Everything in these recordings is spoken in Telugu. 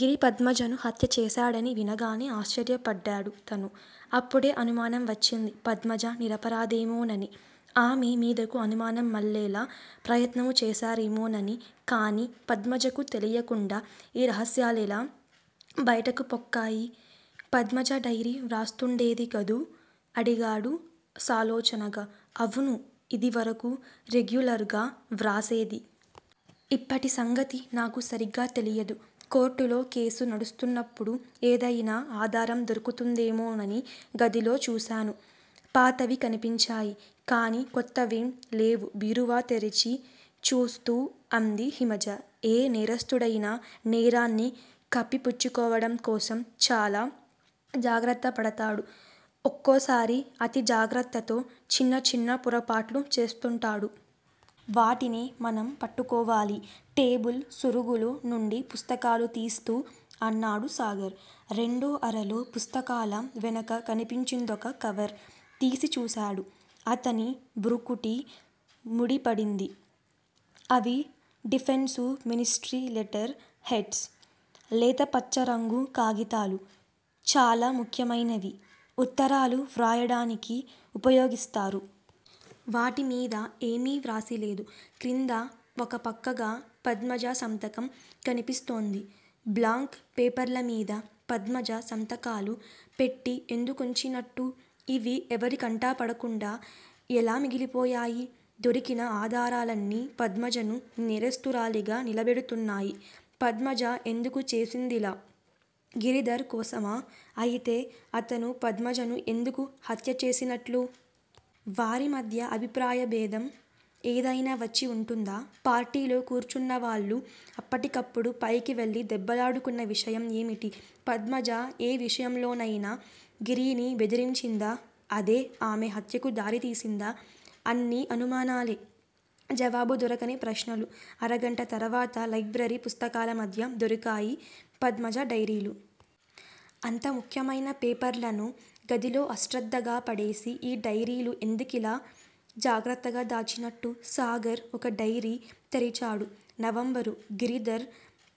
గిరి పద్మజను హత్య చేశాడని వినగానే ఆశ్చర్యపడ్డాడు తను. అప్పుడే అనుమానం వచ్చింది. పద్మజ నిరపరాధేమోనని, ఆమె మీదకు అనుమానం మళ్లేలా ప్రయత్నము చేశారేమోనని కానీ పద్మజకు తెలియకుండా ఈ రహస్యాలెలా బయటకు పొక్కాయి? పద్మజ డైరీ వ్రాస్తుండేది గదూ? అడిగాడు సాలోచనగా. అవును, ఇదివరకు రెగ్యులర్ గా వ్రాసేది. ఇప్పటి సంగతి నాకు సరిగా తెలియదు. కోర్టులో కేసు నడుస్తున్నప్పుడు ఏదయినా ఆధారం దొరుకుతుందేమోనని గదిలో చూశాను. పాతవి కనిపించాయి గాని కొత్తవేం లేవు బీరువా తెరచి చూస్తూ అంది హిమజ. ఏ నేరస్థుడయినా నేరాన్ని కప్పిపుచ్చుకోవడం కోసం చాలా జాగ్రత్తపడతాడు. ఒక్కోసారి అతి జాగ్రత్తతో చిన్న చిన్న పొరపాట్లు చేస్తుంటాడు. వాటినే మనం పట్టుకోవాలి టేబుల్ సొరుగులో నుండి పుస్తకాలు తీస్తూ అన్నాడు సాగర్. రెండో అరలో పుస్తకాల వెనక కనిపించిందొక కవర్. తీసి చూశాడు. అతని భృకుటి ముడిపడింది. అది డిఫెన్సు మినిస్ట్రీ లెటర్ హెడ్స్. లేతపచ్చరంగు కాగితాలు చాలా ముఖ్యమైనవి ఉత్తరాలు వ్రాయడానికి ఉపయోగిస్తారు. వాటి మీద ఏమీ వ్రాసిలేదు. క్రింద ఒక పక్కగా పద్మజ సంతకం కనిపిస్తోంది. బ్లాంక్ పేపర్లమీద పద్మజ సంతకాలు పెట్టి ఎందుకుంచినట్టు? ఇవి ఎవరికంటాపడకుండా ఎలా మిగిలిపోయాయి? దొరికిన ఆధారాలన్నీ పద్మజను నేరస్తురాలిగా నిలబెడుతున్నాయి. పద్మజ ఎందుకు చేసిందిలా? గిరిధర్ కోసమా? అయితే అతను పద్మజను ఎందుకు హత్యచేసినట్లు? వారి మధ్య అభిప్రాయభేదం ఏదైనా వచ్చి వుంటుందా? పార్టీలో కూర్చున్నవాళ్ళు అప్పటికప్పుడు పైకి వెళ్ళి దెబ్బలాడుకున్న విషయం ఏమిటి? పద్మజ ఏ విషయంలోనయినా గిరిని బెదిరించిందా? అదే ఆమె హత్యకు దారితీసిందా? అన్నీ అనుమానాలే. జవాబు దొరకని ప్రశ్నలు. అరగంట తర్వాత లైబ్రరీ పుస్తకాల మధ్య దొరికాయి పద్మజ డైరీలు. అంత ముఖ్యమైన పేపర్లను గదిలో అశ్రద్దగా పడేసి ఈ డైరీలు ఎందుకిలా జాగ్రత్తగా దాచినట్టు? సాగర్ ఒక డైరీ తెరిచాడు. నవంబరు: గిరిధర్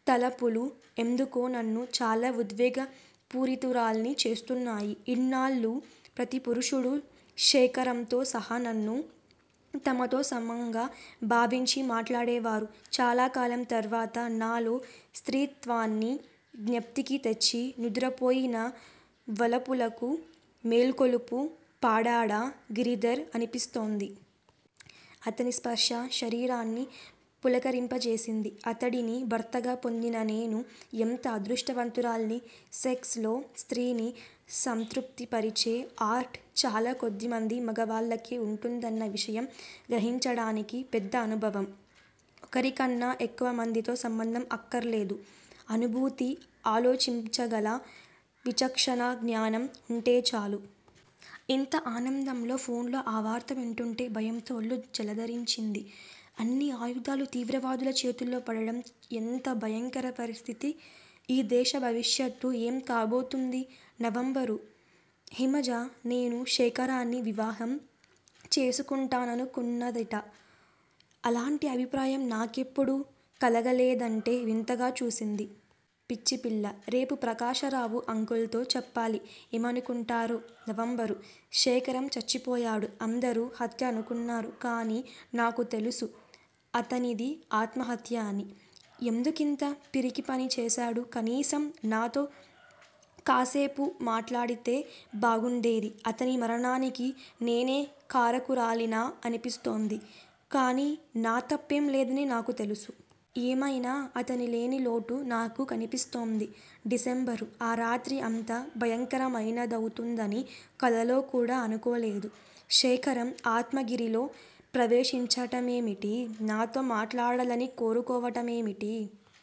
తలపులు ఎందుకో నన్ను చాలా ఉద్వేగ పూరితురాల్ని చేస్తున్నాయి, ఇన్నాళ్ళూ ప్రతి పురుషుడూ శేఖరంతో సహా నన్ను తమతో సమంగా భావించి మాట్లాడేవారు, చాలాకాలం తర్వాత నాలో స్త్రీత్వాన్ని జ్ఞప్తికి తెచ్చి నిదురపోయిన వలపులకు మేల్కొలుపు పాడాడా గిరిధర్ అనిపిస్తోంది. అతని స్పర్శ శరీరాన్ని పులకింపజేసింది. అతడిని భర్తగా పొందిన నేను ఎంత అదృష్టవంతురాల్ని. సెక్స్ లో స్త్రీని సంతృప్తిపరిచే ఆర్ట్ చాలా కొద్దిమంది మగవాళ్ళకే వుంటుందన్న విషయం గ్రహించడానికి పెద్ద అనుభవం, ఒకరికన్నా ఎక్కువ మందితో సంబంధం అక్కర్లేదు. అనుభూతి, ఆలోచించగల విచక్షణా జ్ఞానం వుంటే చాలు. ఇంత ఆనందంలో ఫోన్లో ఆ వార్త వింటుంటే భయంతో ఒళ్ళు జలదరించింది. అన్ని ఆయుధాలు తీవ్రవాదుల చేతుల్లో పడడం ఎంత భయంకర పరిస్థితి! ఈ దేశ భవిష్యత్తు ఏం కాబోతుంది? నవంబరు: హిమజ నేను శేఖరాన్ని వివాహం చేసుకుంటాననుకున్నదిట. అలాంటి అభిప్రాయం నాకెప్పుడూ కలగలేదంటే వింతగా చూసింది. పిచ్చిపిల్ల. రేపు ప్రకాశరావు అంకుల్ తో చెప్పాలి. ఏమనుకుంటారో? నవంబరు: శేఖరం చచ్చిపోయాడు. అందరూ హత్య అనుకున్నారు. కాని నాకు తెలుసు అతనిది ఆత్మహత్య అని. ఎందుకింత పిరికిపని చేశాడు? కనీసం నాతో కాస్సేపు మాట్లాడితే బాగుండేది. అతని మరణానికి నేనె కారకురాలినా అనిపిస్తోంది. కాని నా తప్పేం లేదని నాకు తెలుసు. ఏమయినా అతని లేని లోటు నాకు కనిపిస్తోంది. డిసెంబరు: ఆ రాత్రి అంత భయంకరమైనదవుతుందని కలలో కూడా అనుకోలేదు. శేఖరం ఆత్మ గిరిలో ప్రవేశించటమేమిటి? నాతో మాట్లాడాలని కోరుకోవటమేమిటి?